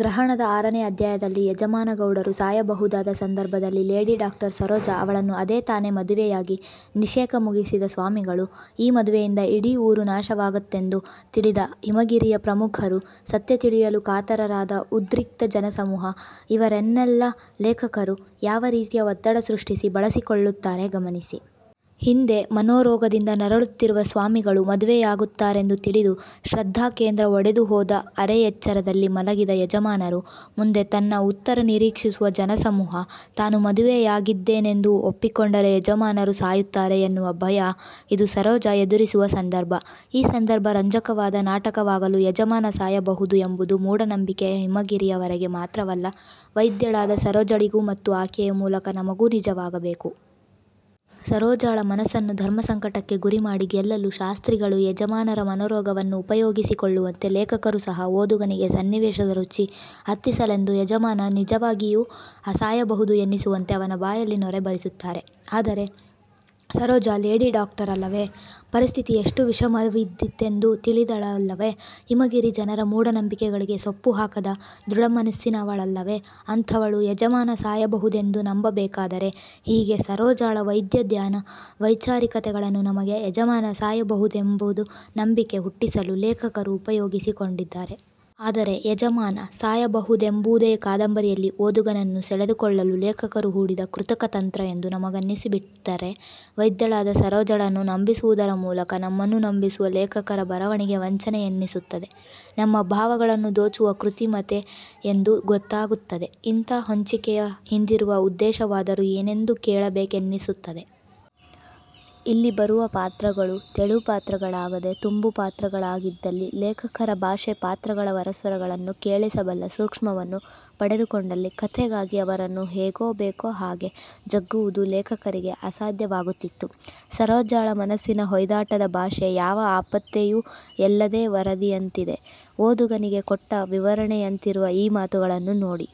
ಗ್ರಹಣದ ಆರನೇ ಅಧ್ಯಾಯದಲ್ಲಿ ಯಜಮಾನ ಗೌಡರು ಸಾಯಬಹುದಾದ ಸಂದರ್ಭದಲ್ಲಿ ಲೇಡಿ ದಾಕ್ಟರ್ ಸರೋಜ, ಅವಳನ್ನು ಅದೇ ತಾನೇ ಮದುವೆಯಾಗಿ ನಿಷೇಕ ಮುಗಿಸಿದ ಸ್ವಾಮಿಗಳು, ಈ ಮದುವೆಯಿಂದ ಇಡೀ ಊರು ನಾಶವಾಗುತ್ತದೆಂದು ತಿಳಿದ ಹಿಮಗಿರಿಯ ಪ್ರಮುಖರು, ಸತ್ಯ ತಿಳಿಯಲು ಕಾತರರಾದ ಉದ್ರಿಕ್ತ ಜನಸಮೂಹ ಇವರೆನ್ನೆಲ್ಲ ಲೇಖಕರು ಯಾವ ರೀತಿಯ ಒತ್ತಡ ಸೃಷ್ಟಿಸಿ ಬಳಸಿಕೊಳ್ಳುತ್ತಾರೆ ಗಮನಿಸಿ. ಹಿಂದೆ ಮನೋರೊಗದಿಂದ ನರಳುತ್ತಿರುವ ಸ್ವಾಮಿಗಳು ಮದುವೆಯಾಗುತ್ತಾರೆಂದು ತಿಳಿದು 'ಶ್ರದ್ಧಾಕೇಂದ್ರ' ಒಡೆದುಹೋದ ಅರೆ ಎಚ್ಚರದಲ್ಲಿ ಮಲಗಿದ ಯಜಮಾನರು, ಮುಂದೆ ತನ್ನ ಉತ್ತರ ನಿರೀಕ್ಷಿಸುವ ಜನಸಮೂಹ, ತಾನು ಮದುವೆಯಾಗಿದ್ದೇನೆಂದು ಒಪ್ಪಿಕೊಂಡರೆ ಯಜಮಾನರು ಸಾಯುತ್ತಾರೆ ಎನ್ನುವ ಭಯ ಇದು ಸರೋಜ ಎದುರಿಸುವ ಸಂದರ್ಭ, ಈ ಸಂದರ್ಭ ರಂಜಕವಾದ ನಾಟಕವಾಗಲು ಯಜಮಾನ ಸಾಯಬಹುದು ಎಂಬುದು ಮೂಢನಂಬಿಕೆಯ ಹಿಮಗಿರಿಯವರಿಗೆ ಮಾತ್ರವಲ್ಲ, ವೈದ್ಯಳಾದ ಸರೋಜಳಿಗೂ ಮತ್ತು ಆಕೆಯ ಮೂಲಕ ನಮಗೂ ನಿಜವಾಗಬೇಕು. ಸರೋಜಳ ಮನಸ್ಸನ್ನು ಧರ್ಮಸಂಕಟಕ್ಕೆ ಗುರಿಮಾಡಿ ಗೆಲ್ಲಲು ಶಾಸ್ತ್ರಿಗಳು ಯಜಮಾನರ ಮನೋರೋಗವನ್ನು ಉಪಯೋಗಿಸಿಕೊಳ್ಳುವಂತೆ, ಲೇಖಕರು ಸಹ ಓದುಗನಿಗೆ ಸನ್ನಿವೇಶದ ರುಚಿ ಹತ್ತಿಸಲೆಂದು ಯಜಮಾನ ನಿಜವಾಗಿಯೂ ಸಾಯಬಹುದು ಎನ್ನಿಸುವಂತೆ ಅವನ ಬಾಯಲ್ಲಿ ನೊರೆ ಬರಿಸುತ್ತಾರೆ. ಆದರೆ ಸರೋಜ ಲೇಡಿ ಡಾಕ್ಟರ್ ಅಲ್ಲವೆ? ಪರಿಸ್ಥಿತಿ ಎಷ್ಟು ವಿಷಮವಿದ್ದೀತೆಂದು ತಿಳಿದಳಲ್ಲವೆ? ಹಿಮಗಿರಿ ಜನರ ಮೂಢನಂಬಿಕೆಗಳಿಗೆ ಸೊಪ್ಪುಹಾಕದ ದೃಡಮನಸ್ಸಿನವಳಲ್ಲವೆ ಅಂಥವಳೂ ಯಜಮಾನ ಸಾಯಬಹುದೆಂದು ನಂಬಬೇಕಾದರೆ ಹೀಗೆ ಸರೋಜಳ ವೈದ್ಯಜ್ಞಾನ, ವೈಚಾರಿಕತೆಗಳನ್ನು ನಮಗೆ ಯಜಮಾನ ಸಾಯಬಹುದೆಂದು ನಂಬಿಕೆ ಹುಟ್ಟಿಸಲು ಲೇಖಕರು ಉಪಯೋಗಿಸಿಕೊಂಡಿದ್ದಾರೆ. ಆದರೆ ಯಜಮಾನ ಸಾಯಬಹುದೆಂಬುದೇ ಕಾದಂಬರಿಯಲ್ಲಿ ಓದುಗನನ್ನು ಸೆಳೆದುಕೊಳ್ಳಲು ಲೇಖಕರು ಹೂಡಿದ ಕೃತಕ ತಂತ್ರ ಎಂದು ನಮಗನ್ನಿಸಿಬಿಟ್ತರೆ, ವೈದ್ಯಳಾದ ಸರೋಜಳನ್ನೂ ನಂಬಿಸುವುದರ ಮೂಲಕ ನಮ್ಮನ್ನು ನಂಬಿಸುವ ಲೇಖಕರ ಬರವಣಿಗೆ ವಂಚನೆ ಎನ್ನಿಸುತ್ತದೆ. ನಮ್ಮ ಭಾವಗಳನ್ನು ದೋಚುವ ಕೃತಿಮತೆ ಎಂದು ಗೊತ್ತಾಗುತ್ತದೆ. ಇಂಥ ಹೊಂಚಿಕೆಯ ಹಿಂದಿರುವ ಉದ್ದೇಶವಾದರೂ ಏನೆಂದು ಕೇಳಬೇಕೆನ್ನಿಸುತ್ತದೆ. ಇಲ್ಲಿ ಬರುವ ಪಾತ್ರಗಳು ತೆಳುಪಾತ್ರಗಳಾಗದೆ ತುಂಬುಪಾತ್ರಗಳಾಗಿದ್ದಲ್ಲಿ, ಲೇಖಕರ ಭಾಷೆ ಪಾತ್ರಗಳ ಒಳಸ್ವರಗಳನ್ನು ಕೇಳಿಸಬಲ್ಲ ಸೂಕ್ಷ್ಮವನ್ನು ಪಡೆದುಕೊಂಡಲ್ಲಿ ಕಥೆಗಾಗಿ ಅವರನ್ನು ಹೇಗೆ ಬೇಕೋ ಹಾಗೆ ಜಗ್ಗುವುದು ಲೇಖಕರಿಗೆ ಅಸಾಧ್ಯಾವಾಗುತ್ತಿತ್ತು. ಸರೋಜಳ ಮನಸ್ಸಿನ ಹೊಯ್ದಾಟದ ಭಾಷೆ ಯಾವ ಆಪ್ತತೆಯೂ ಎಲ್ಲದೆ ವರದಿಯಂತಿದೆ. ಓದುಗನಿಗೆ ಕೊಟ್ಟ ವಿವರಣೆಯಂತಿರುವ ಈ ಮಾತುಗಳನ್ನು ನೋಡಿ.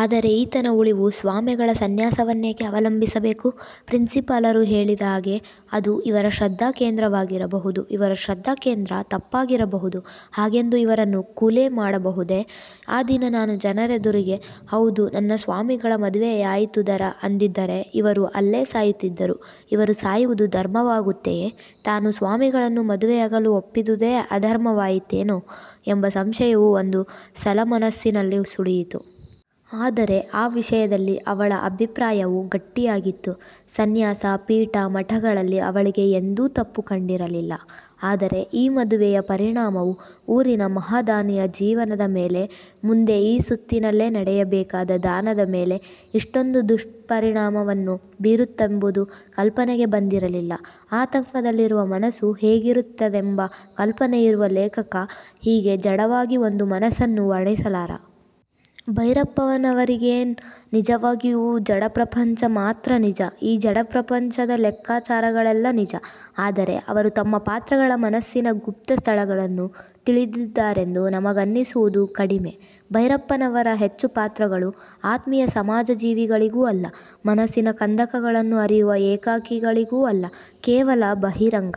ಆದರೆ ಈತನ ಉಳಿವು ಸ್ವಾಮೆಗಳ ಸನ್ಯಾಸವನ್ನೇಕೆ ಅವಲಂಬಿಸಬೇಕು ಪ್ರಿನ್ಸಿಪಾಲರು ಹೇಳಿದ ಹಾಗೆ ಅದು ಇವರ ಶ್ರದ್ದಾಕೇಂದ್ರವಾಗಿರಬಹುದು. ಇವರ ಶ್ರದ್ಧಾಕೇಂದ್ರ ತಪ್ಪಾಗಿರಬಹುದು, ಹಾಗೆಂದು ಇವರನ್ನು ಕೊಲಿ ಮಾಡಬಹುದೆ? ಆ ದಿನ ನಾನು ಜನರೆದುರಿಗೆ, ಹೌದು, ನನ್ನ ಸ್ವಾಮಿಗಳ ಮದುವೆಯಾಯಿತುಧರ ಅಂದಿದ್ದರೆ ಇವರು ಅಲ್ಲೇ ಸಾಯುತ್ತಿದ್ದರು. ಇವರು ಸಾಯುವುದು ಧರ್ಮವಾಗುತ್ತೆಯೇ ತಾನು ಸ್ವಾಮಿಗಳನ್ನು ಮದುವೆಯಾಗಲು ಒಪ್ಪಿದುದೇ ಅಧರ್ಮವಾಯಿತೇನೋ ಎಂಬ ಸಂಶಯವು ಒಂದು ಸಲಮನಸ್ಸಿನಲ್ಲಿ ಸುಳಿಯಿತು. ಆದರೆ ಆ ವಿಷಯದಲ್ಲಿ ಅವಳ ಅಭಿಪ್ರಾಯವು ಗಟ್ಟಿಯಾಗಿತ್ತು. ಸನ್ಯಾಸ, ಪೀಠ, ಮಠಗಳಲ್ಲಿ ಅವಳಿಗೆ ಎಂದೂ ತಪ್ಪು ಕಂಡಿರಲಿಲ್ಲ. ಆದರೆ ಈ ಮದುವೆಯ ಪರಿಣಾಮವು ಊರಿನ ಮಹಾದಾನಿಯ ಜೀವನದ ಮೇಲೆ, ಮುಂದೆ ಈ ಸುತ್ತಿನಲ್ಲೇ ನಡೆಯಬೇಕಾದ ದಾನದ ಮೇಲೆ ಇಷ್ಟೊಂದು ದುಷ್ಪರಿಣಾಮವನ್ನು ಬೀರುತ್ತದೆಂಬುದು ಕಲ್ಪನೆಗೆ ಬಂದಿರಲಿಲ್ಲ. ಆತಂಕದಲ್ಲಿರುವ ಮನಸ್ಸು ಹೇಗಿರುತ್ತದೆಂಬ ಕಲ್ಪನೆಯಿರುವ ಲೇಖಕ ಹೀಗೆ ಜಡವಾಗಿ ಒಂದು ಮನಸ್ಸನ್ನು ವರ್ಣಿಸಲಾರ. ಭೈರಪ್ಪನವರಿಗೆನ್ ನಿಜವಾಗಿಯೂ ಜಡಪ್ರಪಂಚ ಮಾತ್ರ ನಿಜ, ಈ ಜಡಪ್ರಪಂಚ ದ ಲೆಖ್ಖಾಚಾರಗಳೆಲ್ಲ ನಿಜ ಆದರೆ ಅವರು ತಮ್ಮ ಪಾತ್ರಗಳ ಮನಸ್ಸಿನ ಗುಪ್ತ ಸ್ಥಳಗಳನ್ನು ತಿಳಿದಿದ್ದಾರೆಂದು ನಮಗನ್ನಿಸುವುದು ಕಡಿಮೆ. ಭೈರಪ್ಪನವರ ಹೆಚ್ಚು ಪಾತ್ರಗಳು ಆತ್ಮೀಯ ಸಮಾಜಜೀವಿಗಳೂ ಅಲ್ಲ, ಮನಸ್ಸಿನ ಕಂದಕಗಳನ್ನು ಅರಿಯುವ ಏಕಾಕಿಗಳೂ ಅಲ್ಲ ಕೇವಲ ಬಹಿರಂಗ